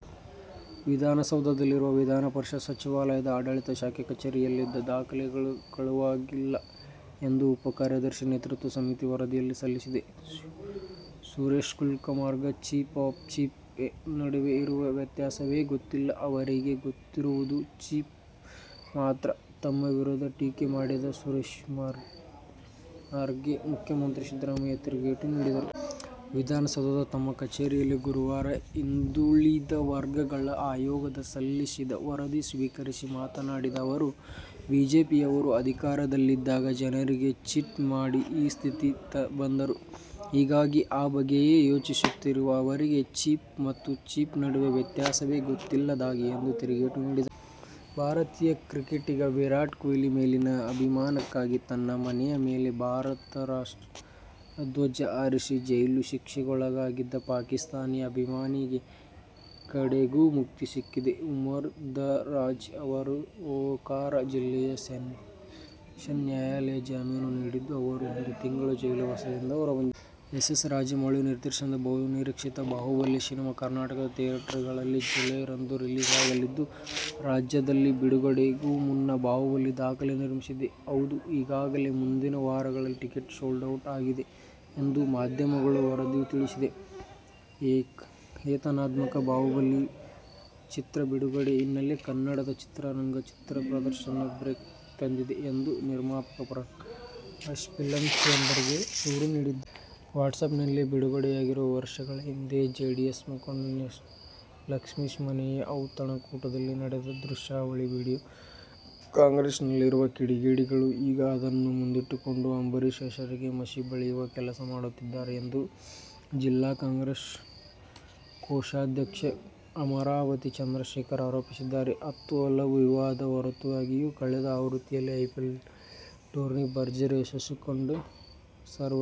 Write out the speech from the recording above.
ವಿಧಾನಸೌಧದಲ್ಲಿರುವ ವಿಧಾನಪರಿಷತ್ ಸಚಿವಾಲಯದ ಆಡಳಿತ ಶಾಖೆ ಕಚೇರಿಯಲ್ಲಿದ್ದ ದಾಖಲೆಗಳು ಕಳುವಾಗಿಲ್ಲ ಎಂದು ಉಪ ಕಾರ್ಯದರ್ಶಿ ನೇತೃತ್ವದ ಸಮಿತಿ ವರದಿ ಸಲ್ಲಿಸಿದೆ. ಸುರೇಶ್ಕುಮಾರ್ಗೆ "ಚೀಫ್' ಮತ್ತು "ಚೀಪ್' ನಡುವೆ ಇರುವ ವ್ಯತ್ಯಾಸವೇ ಗೊತ್ತಿಲ್ಲ. ಅವರಿಗೆ ಗೊತ್ತಿರುವುದು "ಚೀಟ್' ಮಾತ್ರ. ತಮ್ಮ ವಿರುದ್ಧ ಟೀಕೆ ಮಾಡಿದ್ದ ಸುರೇಶ್ಕುಮಾರ್ಗೆ ಮುಖ್ಯಮಂತ್ರಿ ಸಿದ್ದರಾಮಯ್ಯ ತಿರುಗೇಟು ನೀಡಿದ ರೀತಿಯಿದು. ವಿಧಾನಸೌಧದ ತಮ್ಮ ಕಚೇರಿಯಲ್ಲಿ ಗುರುವಾರ ಹಿಂದುಳಿದ ವರ್ಗಗಳ ಆಯೋಗ ಸಲ್ಲಿಸಿದ ವರದಿ ಸ್ವೀಕರಿಸಿ ಮಾತನಾಡಿದ ಅವರು, ಬಿಜೆಪಿಯವರು ಅಧಿಕಾರದಲ್ಲಿದ್ದಾಗ ಜನರಿಗೆ ಚೀಟ್ ಮಾಡಿ ಈ ಸ್ಥಿತಿಗೆ ಬಂದರು. ಹೀಗಾಗಿ ಆ ಬಗ್ಗೆಯೇ ಯೋಚಿಸುತ್ತಿರುವ ಅವರಿಗೆ ಚೀಫ್ ಮತ್ತು ಚೀಪ್ ನಡುವಿನ ವ್ಯತ್ಯಾಸವೇ ಗೊತ್ತಿಲ್ಲದಾಗಿದೆ ಎಂದು ತಿರುಗೇಟು ನೀಡಿದರು. ಭಾರತೀಯ ಕ್ರಿಕೆಟಿಗ ವಿರಾಟ್ ಕೊಹ್ಲಿ ಮೇಲಿನ ಅಭಿಮಾನಕ್ಕಾಗಿ ತನ್ನ ಮನೆ ಮೇಲೆ ಭಾರತದ ರಾಷ್ಟ್ರಧ್ವಜ ಹಾರಿಸಿ ಜೈಲು ಶಿಕ್ಷೆಗೊಳಗಾಗಿದ್ದ ಪಾಕಿಸ್ಥಾನಿ ಅಭಿಮಾನಿಗೆ ಕಡೆಗೂ ಮುಕ್ತಿ ಸಿಕ್ಕಿದೆ. ಉಮರ್ ದರಾಜ್ ಅವರಿಗೆ ಒಕಾರಾ ಜಿಲ್ಲೆಯ ಸೆಷನ್ಸ್ ನ್ಯಾಯಾಲಯ ಜಾಮೀನು ನೀಡಿದ್ದು, ಅವರು ಒಂದು ತಿಂಗಳ ಜೈಲುವಾಸದಿಂದ ಹೊರಬಂದಿದ್ದಾರೆ. ಎಸ್. ಎಸ್. ರಾಜಮೌಳಿ ನಿರ್ದೇಶನದ ಬಹುನಿರೀಕ್ಷಿತ ಬಾಹುಬಲಿ ಸಿನಿಮಾ ಕರ್ನಾಟಕದ ಥಿಯೇಟರ್ ಗಳಲ್ಲಿ ಜುಲೈ ರಂದು ರಿಲೀಸ್ ಆಗಲಿದ್ದು, ರಾಜ್ಯದಲ್ಲಿ ಬಿಡುಗಡೆಗೂ ಮುನ್ನ ಬಾಹುಬಲಿ ದಾಖಲೆ ನಿರ್ಮಿಸಿದೆ. ಹೌದು ಈಗಾಗಲೇ ಮುಂದಿನ ವಾರಗಳ ಟಿಕೆಟ್ ಸೋಲ್ಡ್ ಔಟ್ ಆಗಿದೆ ಎಂದು ಮಾಧ್ಯಮದ ವರದಿ ತಿಳಿಸಿದೆ. ಏತನ್ಮಧ್ಯೆ ಬಾಹುಬಲಿ ಚಿತ್ರ ಬಿಡುಗಡೆ ಹಿನ್ನೆಲೆಯಲ್ಲಿ ಕನ್ನಡದ ರಂಗಿತರಂಗ ಚಿತ್ರ ಪ್ರದರ್ಶನಕ್ಕೆ ಬ್ರೇಕ್ ಬಿದ್ದಿದೆ ಎಂದು ನಿರ್ಮಾಪಕ ಪ್ರಕಾಶ್ ಫಿಲಂ ಚೇಂಬರ್ ಗೆ ದೂರು ನೀಡಿದ್ದಾರೆ. ವಾಟ್ಸಪ್ನಲ್ಲಿ ಬಿಡುಗಡೆಯಾಗಿರುವುದು ವರ್ಷಗಳ ಹಿಂದೆ ಜೆಡಿಎಸ್ ಮುಖಂಡ ಲಕ್ಷ್ಮೀಶ್ ಮನೆಯ ಔತಣ ಕೂಟದಲ್ಲಿ ನಡೆದ ದೃಶ್ಯಾವಳಿಯ ವಿಡಿಯೋ. ಕಾಂಗ್ರೆಸ್ನಲ್ಲಿರುವ ಕಿಡಿಗೇಡಿಗಳು ಈಗ ಅದನ್ನು ಮುಂದಿಟ್ಟುಕೊಂಡು ಅಂಬರೀಶ್ ಹೆಸರಿಗೆ ಮಸಿ ಬಳಿವ ಕೆಲಸ ಮಾಡುತ್ತಿದ್ದಾರೆ ಎಂದು ಜಿಲ್ಲಾ ಕಾಂಗ್ರೆಸ್ ಕೋಶಾಧ್ಯಕ್ಷ ಅಮರಾವತಿ ಚಂದ್ರಶೇಖರ್ ಆರೋಪಿಸಿದ್ದಾರೆ. ಹತ್ತು ಹಲವು ವಿವಾದಗಳ ಹೊರತಾಗಿಯೂ ಕಳೆದ ಆವೃತ್ತಿಗಳಲ್ಲೂ ಐಪಿಎಲ್ ಟೂರ್ನಿ ಭರ್ಜರಿ ಯಶಸ್ಸು ಕಂಡದ್ದು ಸರ್ವವಿಧಿತ.